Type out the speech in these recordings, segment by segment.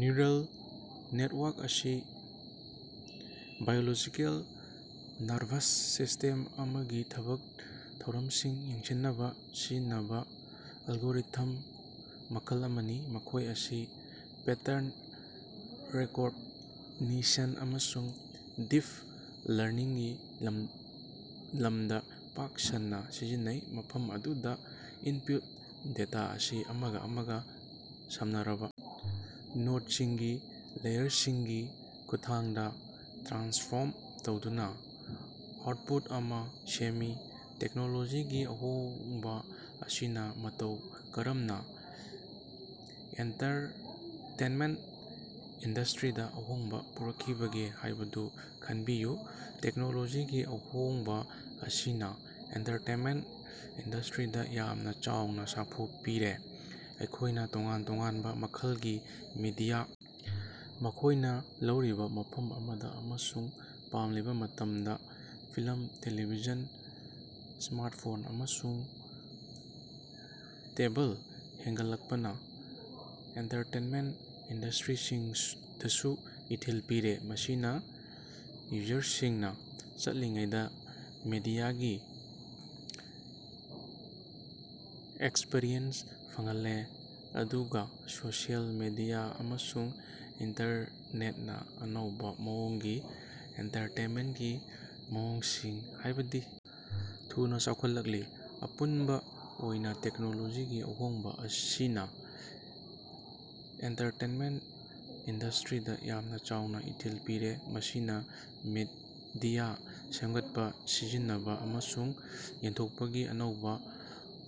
Neural network: ꯑꯁꯤ biological nervous system ꯑꯃꯒꯤ ꯊꯕꯛ ꯊꯧꯔꯝꯁꯤꯡ ꯌꯦꯡꯁꯤꯟꯅꯕ ꯁꯤꯖꯤꯟꯅꯕꯥ ꯑꯦꯜꯒꯣꯔꯤꯊꯝ ꯃꯈꯜ ꯑꯃꯅꯤ꯫ ꯃꯈꯣꯏ ꯑꯁꯤ ꯄꯦꯇꯔꯟ ꯔꯤꯀꯣꯗꯅꯤꯁꯟ ꯑꯃꯁꯨꯡ ꯗꯤꯞ ꯂꯔꯅꯤꯡꯒꯤ ꯂꯝꯗ ꯄꯥꯛ ꯁꯟꯅ ꯁꯤꯖꯤꯟꯅꯩ, ꯃꯐꯝ ꯑꯗꯨꯗ ꯏꯟꯄꯨꯠ ꯗꯦꯇꯥ ꯑꯁꯤ ꯑꯃꯒ ꯑꯃꯒ ꯁꯝꯅꯔꯕ ꯅꯣꯠꯁꯤꯡꯒꯤ ꯂꯦꯌꯔꯁꯤꯡꯒꯤ ꯈꯨꯠꯊꯥꯡꯗ ꯇ꯭ꯔꯥꯟꯁꯐꯣꯔꯝ ꯇꯧꯗꯨꯅ ꯑꯥꯎꯠꯄꯨꯠ ꯑꯃ ꯁꯦꯝꯃꯤ꯫ ꯇꯦꯛꯅꯣꯂꯣꯖꯤꯒꯤ ꯑꯍꯣꯡꯕ ꯑꯁꯤꯅ ꯃꯇꯧ ꯀꯔꯝꯅ ꯑꯦꯟꯇꯔꯇꯦꯟꯃꯦꯟꯇ ꯏꯟꯗꯁꯇ꯭ꯔꯤꯗ ꯑꯍꯣꯡꯕ ꯄꯨꯔꯛꯈꯤꯕꯒꯦ ꯍꯥꯏꯕꯗꯨ ꯈꯟꯕꯤꯌꯨ꯫ ꯇꯦꯛꯅꯣꯂꯣꯖꯤꯒꯤ ꯑꯍꯣꯡꯕ ꯑꯁꯤꯅ ꯑꯦꯟꯇꯔꯇꯦꯅꯃꯦꯟꯇ ꯏꯟꯗꯁ꯭ꯇꯔꯤꯗ ꯌꯥꯝꯅ ꯆꯥꯎꯅ ꯁꯥꯐꯨ ꯄꯤꯔꯦ, ꯑꯩꯈꯣꯏꯅ ꯇꯣꯉꯥꯟ ꯇꯣꯉꯥꯟꯕ ꯃꯈꯜꯒꯤ ꯃꯤꯗꯤꯌꯥ ꯃꯈꯣꯏꯅ ꯂꯧꯔꯤꯕ ꯃꯐꯝ ꯑꯃꯗ ꯑꯃꯁꯨꯡ ꯄꯥꯝꯂꯤꯕ ꯃꯇꯝꯗ ꯐꯤꯂꯝ, ꯇ‌ꯦꯂꯤꯚꯤꯖꯟ ꯁ꯭ꯃꯥꯔꯠꯐꯣꯟ ꯑꯃꯁꯨꯡ ꯇꯦꯕꯜ ꯍꯦꯟꯒꯠꯂꯛꯄꯅ ꯑꯦꯟꯇꯥꯔꯇꯦꯟꯃꯦꯟꯠ ꯏꯟꯗꯁ꯭ꯇꯔꯤꯗꯁꯨ ꯏꯊꯤꯜ ꯄꯤꯔꯦ, ꯃꯁꯤꯅ ꯌꯨꯖꯔꯁꯤꯡꯅ ꯆꯠꯂꯤꯉꯩꯗ ꯃꯤꯗꯤꯌꯥꯒꯤ ꯑꯦꯛꯁꯄꯔꯤꯌꯦꯟꯁ ꯐꯪꯍꯜꯂꯦ ꯑꯗꯨꯒ ꯁꯣꯁꯤꯑꯦꯜ ꯃꯤꯗꯤꯌꯥ ꯑꯃꯁꯨꯡ ꯏꯟꯇꯔꯅꯦꯠꯅ ꯑꯅꯧꯕ ꯃꯑꯣꯡꯒꯤ ꯑꯦꯟꯇꯥꯔꯇꯦꯟꯃꯦꯟꯀꯤ ꯃꯑꯣꯡꯁꯤꯡ, ꯍꯥꯏꯕꯗꯤ ꯊꯨꯅ ꯆꯥꯎꯈꯠꯂꯛꯂꯤ꯫ ꯑꯄꯨꯟꯕ ꯑꯣꯏꯅ ꯇꯦꯛꯅꯣꯂꯣꯖꯤꯒꯤ ꯑꯍꯣꯡꯕ ꯑꯁꯤꯅ ꯑꯦꯟꯇꯔꯇꯦꯟꯃꯦꯟ ꯏꯟꯗꯁ꯭ꯇꯔꯤꯗ ꯌꯥꯝꯅ ꯆꯥꯎꯅ ꯏꯊꯤꯜ ꯄꯤꯔꯦ, ꯃꯁꯤꯅ ꯃꯤꯗꯤꯌꯥ ꯁꯦꯝꯒꯠꯄ, ꯁꯤꯖꯤꯟꯅꯕ ꯑꯃꯁꯨꯡ ꯌꯦꯟꯊꯣꯛꯄꯒꯤ ꯑꯅꯧꯕ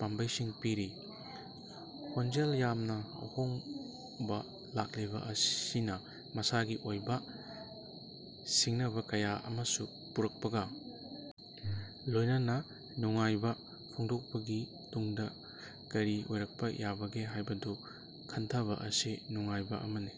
ꯄꯥꯝꯕꯩꯁꯤꯡ ꯄꯤꯔꯤ꯫ ꯈꯣꯡꯖꯦꯜ ꯌꯥꯡꯅ ꯑꯍꯣꯡꯕꯥ ꯂꯥꯛꯂꯤꯕ ꯑꯁꯤꯅ ꯃꯁꯥꯒꯤ ꯑꯣꯏꯕ ꯁꯤꯡꯅꯕ ꯀꯌꯥ ꯑꯃꯁꯨ ꯄꯨꯔꯛꯄꯒ ꯂꯣꯏꯅꯅ ꯅꯨꯡꯉꯥꯏꯕ ꯐꯣꯡꯗꯣꯛꯄꯒꯤ ꯇꯨꯡꯗ ꯀꯔꯤ ꯑꯣꯏꯔꯛꯄ ꯌꯥꯕꯒꯦ ꯍꯥꯏꯕꯗꯨ ꯈꯟꯊꯕ ꯑꯁꯤ ꯅꯨꯡꯉꯥꯏꯕ ꯑꯃꯅꯤ꯫